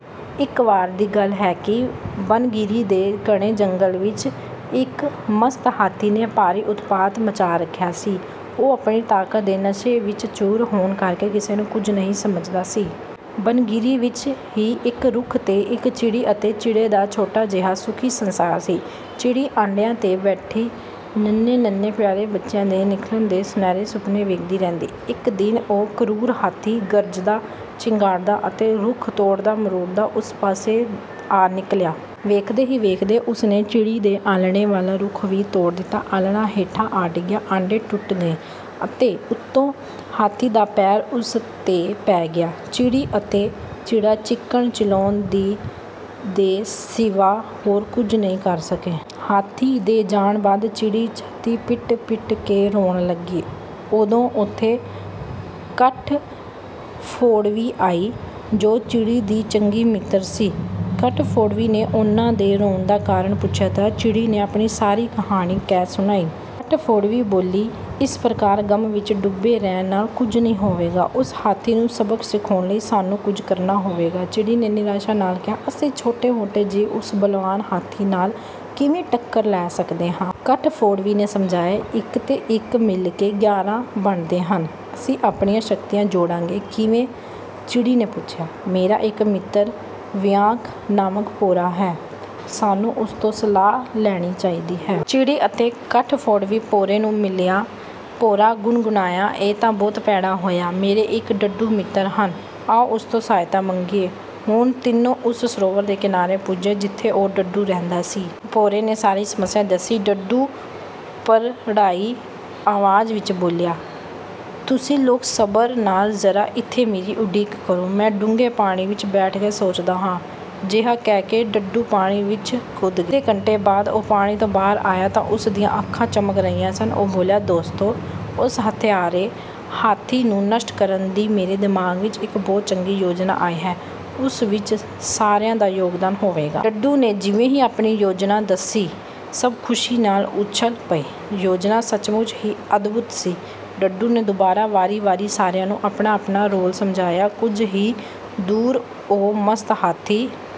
ਇੱਕ ਵਾਰ ਦੀ ਗੱਲ ਹੈ ਕਿ ਬਨਗਿਰੀ ਦੇ ਘਣੇ ਜੰਗਲ ਵਿੱਚ ਇੱਕ ਮਸਤ ਹਾਥੀ ਨੇ ਭਾਰੀ ਉਤਪਾਤ ਮਚਾ ਰੱਖਿਆ ਸੀ। ਉਹ ਆਪਣੀ ਤਾਕਤ ਦੇ ਨਸ਼ੇ ਵਿੱਚ ਚੂਰ ਹੋਣ ਕਰਕੇ ਕਿਸੇ ਨੂੰ ਕੁਝ ਨਹੀਂ ਸਮਝਦਾ ਸੀ। ਬਨਗਿਰੀ ਵਿੱਚ ਹੀ ਇੱਕ ਰੁੱਖ 'ਤੇ ਇੱਕ ਚਿੜੀ ਅਤੇ ਚਿੜੇ ਦਾ ਛੋਟਾ ਜਿਹਾ ਸੁਖੀ ਸੰਸਾਰ ਸੀ। ਚਿੜੀ ਆਂਡਿਆਂ 'ਤੇ ਬੈਠੀ ਨੰ੍ਹੇ-ਨੰ੍ਹੇ ਪਿਆਰੇ ਬੱਚਿਆਂ ਦੇ ਨਿਕਲਣ ਦੇ ਸੁਨਹਰੇ ਸੁਪਨੇ ਵੇਖਦੀ ਰਹਿੰਦੀ। ਇੱਕ ਦਿਨ ਉਹ ਕਰੂਰ ਹਾਥੀ ਗਰਜਦਾ, ਚਿੰਘਾੜਦਾ ਅਤੇ ਰੁੱਖ ਤੋੜਦਾ-ਮਰੋੜਦਾ ਉਸੇ ਪਾਸੇ ਆ ਨਿਕਲਿਆ। ਵੇਖਦੇ ਹੀ ਵੇਖਦੇ ਉਸ ਨੇ ਚਿੜੀ ਦੇ ਆਲ੍ਹਣੇ ਵਾਲਾ ਰੁੱਖ ਵੀ ਤੋੜ ਦਿੱਤਾ। ਆਲ੍ਹਣਾ ਹੇਠਾਂ ਆ ਡਿੱਗਿਆ, ਆਂਡੇ ਟੁੱਟ ਗਏ ਅਤੇ ਉੱਤੋਂ ਹਾਥੀ ਦਾ ਪੈਰ ਉਸ 'ਤੇ ਪੈ ਗਿਆ। ਚਿੜੀ ਅਤੇ ਚਿੜਾ ਚੀਕਣ-ਚਿਲਾਉਣ ਦੇ ਸਿਵਾ ਹੋਰ ਕੁਝ ਨਹੀਂ ਕਰ ਸਕੇ। ਹਾਥੀ ਦੇ ਜਾਣ ਬਾਅਦ ਚਿੜੀ ਛਾਤੀ ਪਿੱਟ-ਪਿੱਟ ਕੇ ਰੋਣ ਲੱਗੀ। ਉਦੋਂ ਉੱਥੇ ਕੱਠਫੋੜਵੀ ਆਈ, ਜੋ ਚਿੜੀ ਦੀ ਚੰਗੀ ਮਿੱਤਰ ਸੀ। ਕੱਠਫੋੜਵੀ ਨੇ ਉਹਨਾਂ ਦੇ ਰੋਣ ਦਾ ਕਾਰਨ ਪੁੱਛਿਆ ਤਾਂ ਚਿੜੀ ਨੇ ਆਪਣੀ ਸਾਰੀ ਕਹਾਣੀ ਕਹਿ ਸੁਣਾਈ। ਕੱਠਫੋੜਵੀ ਬੋਲੀ, "ਇਸ ਪ੍ਰਕਾਰ ਗ਼ਮ ਵਿੱਚ ਡੁੱਬੇ ਰਹਿਣ ਨਾਲ ਕੁਝ ਨਹੀਂ ਹੋਵੇਗਾ। ਉਸ ਹਾਥੀ ਨੂੰ ਸਬਕ ਸਿਖਾਉਣ ਲਈ ਸਾਨੂੰ ਕੁਝ ਕਰਨਾ ਹੋਵੇਗਾ।" ਚਿੜੀ ਨੇ ਨਿਰਾਸ਼ਾ ਨਾਲ ਕਿਹਾ, "ਅਸੀਂ ਛੋਟੇ-ਮੋਟੇ ਜੀਵ ਉਸ ਬਲਵਾਨ ਹਾਥੀ ਨਾਲ ਕਿਵੇਂ ਟੱਕਰ ਲੈ ਸਕਦੇ ਹਾਂ?" ਕੱਠਫੋੜਵੀ ਨੇ ਸਮਝਾਇਆ, "ਇੱਕ ਤੇ ਇੱਕ ਮਿਲ ਕੇ ਗਿਆਰਾਂ ਬਣਦੇ ਹਨ। ਅਸੀਂ ਆਪਣੀਆਂ ਸ਼ਕਤੀਆਂ ਜੋੜਾਂਗੇ।" "ਕਿਵੇਂ?" ਚਿੜੀ ਨੇ ਪੁੱਛਿਆ। "ਮੇਰਾ ਇੱਕ ਮਿੱਤਰ ਵੀਂਆਖ ਨਾਮਕ ਭੌਰਾ ਹੈ, ਸਾਨੂੰ ਉਸ ਤੋਂ ਸਲਾਹ ਲੈਣੀ ਚਾਹੀਦੀ ਹੈ।" ਚਿੜੀ ਅਤੇ ਕੱਠਫੋੜਵੀ ਭੌਰੇ ਨੂੰ ਮਿਲੀਆਂ। ਭੌਰਾ ਗੁਣਗੁਣਾਇਆ, "ਇਹ ਤਾਂ ਬਹੁਤ ਭੈੜਾ ਹੋਇਆ। ਮੇਰੇ ਇੱਕ ਡੱਡੂ ਮਿੱਤਰ ਹਨ, ਆਓ ਉਸ ਤੋਂ ਸਹਾਇਤਾ ਮੰਗੀਏ।" ਹੁਣ ਤਿੰਨੋਂ ਉਸ ਸਰੋਵਰ ਦੇ ਕਿਨਾਰੇ ਪੁੱਜੇ ਜਿੱਥੇ ਉਹ ਡੱਡੂ ਰਹਿੰਦਾ ਸੀ। ਭੌਰੇ ਨੇ ਸਾਰੀ ਸਮੱਸਿਆ ਦੱਸੀ। ਡੱਡੂ ਭਰੜਾਈ ਆਵਾਜ਼ ਵਿੱਚ ਬੋਲਿਆ, "ਤੁਸੀਂ ਲੋਕ ਸਬਰ ਨਾਲ ਜ਼ਰਾ ਇੱਥੇ ਮੇਰੀ ਉਡੀਕ ਕਰੋ, ਮੈਂ ਡੂੰਘੇ ਪਾਣੀ ਵਿੱਚ ਬੈਠ ਕੇ ਸੋਚਦਾ ਹਾਂ।" ਅਜਿਹਾ ਕਹਿ ਕੇ ਡੱਡੂ ਪਾਣੀ ਵਿੱਚ ਕੁੱਦ ਗਿਆ। ਅੱਧੇ ਘੰਟੇ ਬਾਅਦ ਉਹ ਪਾਣੀ ਤੋਂ ਬਾਹਰ ਆਇਆ ਤਾਂ ਉਸ ਦੀਆਂ ਅੱਖਾਂ ਚਮਕ ਰਹੀਆਂ ਸਨ। ਉਹ ਬੋਲਿਆ, "ਦੋਸਤੋ! ਉਸ ਹੱਤਿਆਰੇ ਹਾਥੀ ਨੂੰ ਨਸ਼ਟ ਕਰਨ ਦੀ ਮੇਰੇ ਦਿਮਾਗ਼ ਵਿੱਚ ਇੱਕ ਬਹੁਤ ਚੰਗੀ ਯੋਜਨਾ ਆਈ ਹੈ, ਉਸ ਵਿੱਚ ਸਾਰਿਆਂ ਦਾ ਯੋਗਦਾਨ ਹੋਵੇਗਾ।" ਡੱਡੂ ਨੇ ਜਿਵੇਂ ਹੀ ਆਪਣੀ ਯੋਜਨਾ ਦੱਸੀ, ਸਭ ਖ਼ੁਸ਼ੀ ਨਾਲ ਉੱਛਲ ਪਏ। ਯੋਜਨਾ ਸਚਮੁੱਚ ਹੀ ਅਦਭੁਤ ਸੀ। ਡੱਡੂ ਨੇ ਦੁਬਾਰਾ ਵਾਰੀ-ਵਾਰੀ ਸਾਰਿਆਂ ਨੂੰ ਆਪਣਾ-ਆਪਣਾ ਰੋਲ ਸਮਝਾਇਆ। ਕੁਝ ਹੀ ਦੂਰ ਉਹ ਮਸਤ ਹਾਥੀ